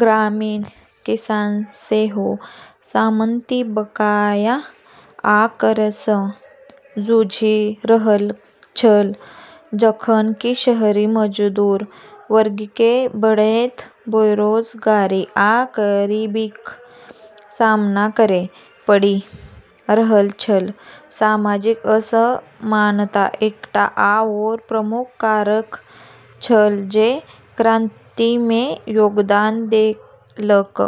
ग्रामीण किसान सेहो सामंती बकाया आ करसँ जूझि रहल छल, जखन कि शहरी मजदूर वर्गकेँ बढ़ैत बेरोजगारी आ गरीबीक सामना करै पड़ि रहल छल। सामाजिक असमानता एकटा आओर प्रमुख कारक छल जे क्रांतिमे योगदान देलक।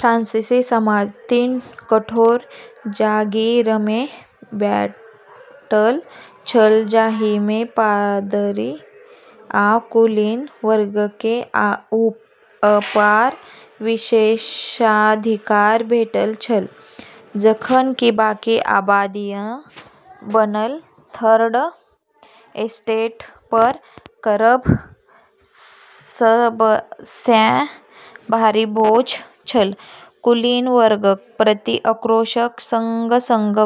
फ्रांसीसी समाज तीन कठोर जागीरमे बँटल छल, जाहिमे पादरी आ कुलीन वर्गकेँ अपार विशेषाधिकार भेटल छल जखन कि बाकी आबादीसँ बनल थर्ड एस्टेटपर करक सबसँ भारी बोझ छल। कुलीन वर्गक प्रति आक्रोशक संग-संग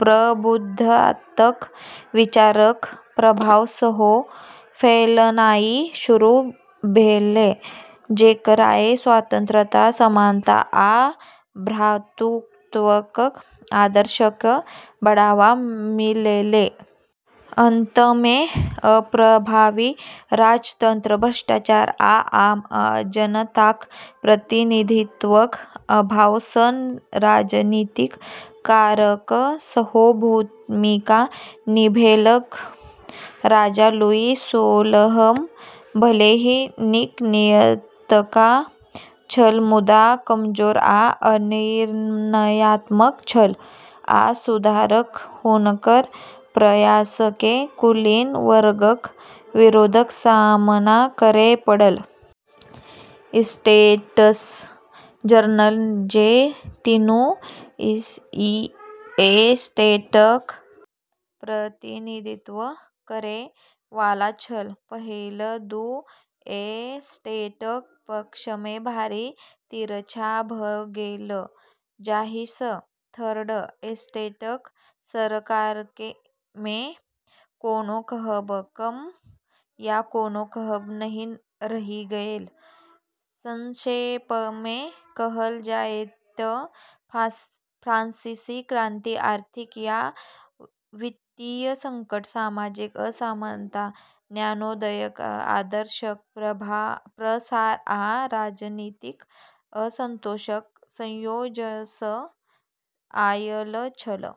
प्रबुद्धताक विचाररक प्रभाव सेहो फैलनाइ शुरू भेलै, जेकरासँ स्वतंत्रता, समानता, आ भ्रातृत्वक आदर्शकेँ बढ़ावा मिललै। अंतमे अप्रभावी राजतंत्र, भ्रष्टाचार, आ आम जनताक प्रतिनिधित्वक अभाव सन राजनीतिक कारक सेहो भूमिका निभेलक। राजा लुई सोलहम भले ही नीक नीयतका छल, मुदा कमजोर आ अनिर्णयात्मक छल, आ सुधारक हुनकर प्रयासकेँ कुलीन वर्गक विरोधक सामना करै पड़ल। एस्टेट्स जनरल जे तीनू एस्टेटक प्रतिनिधित्व करै वाला छल, पहिल दू एस्टेटक पक्षमे भारी तिरछा भऽ गेल, जाहिसँ थर्ड एस्टेटक सरकारमे कोनो कहब कम या कोनो कहब नहि रहि गेल। संक्षेपमे कहल जाय तँ फ्रांसीसी क्रांति आर्थिक आ वित्तीय संकट, सामाजिक असमानता, ज्ञानोदयक आदर्शक प्रसार आ राजनीतिक असंतोषक संयोजनसँ आयल छल।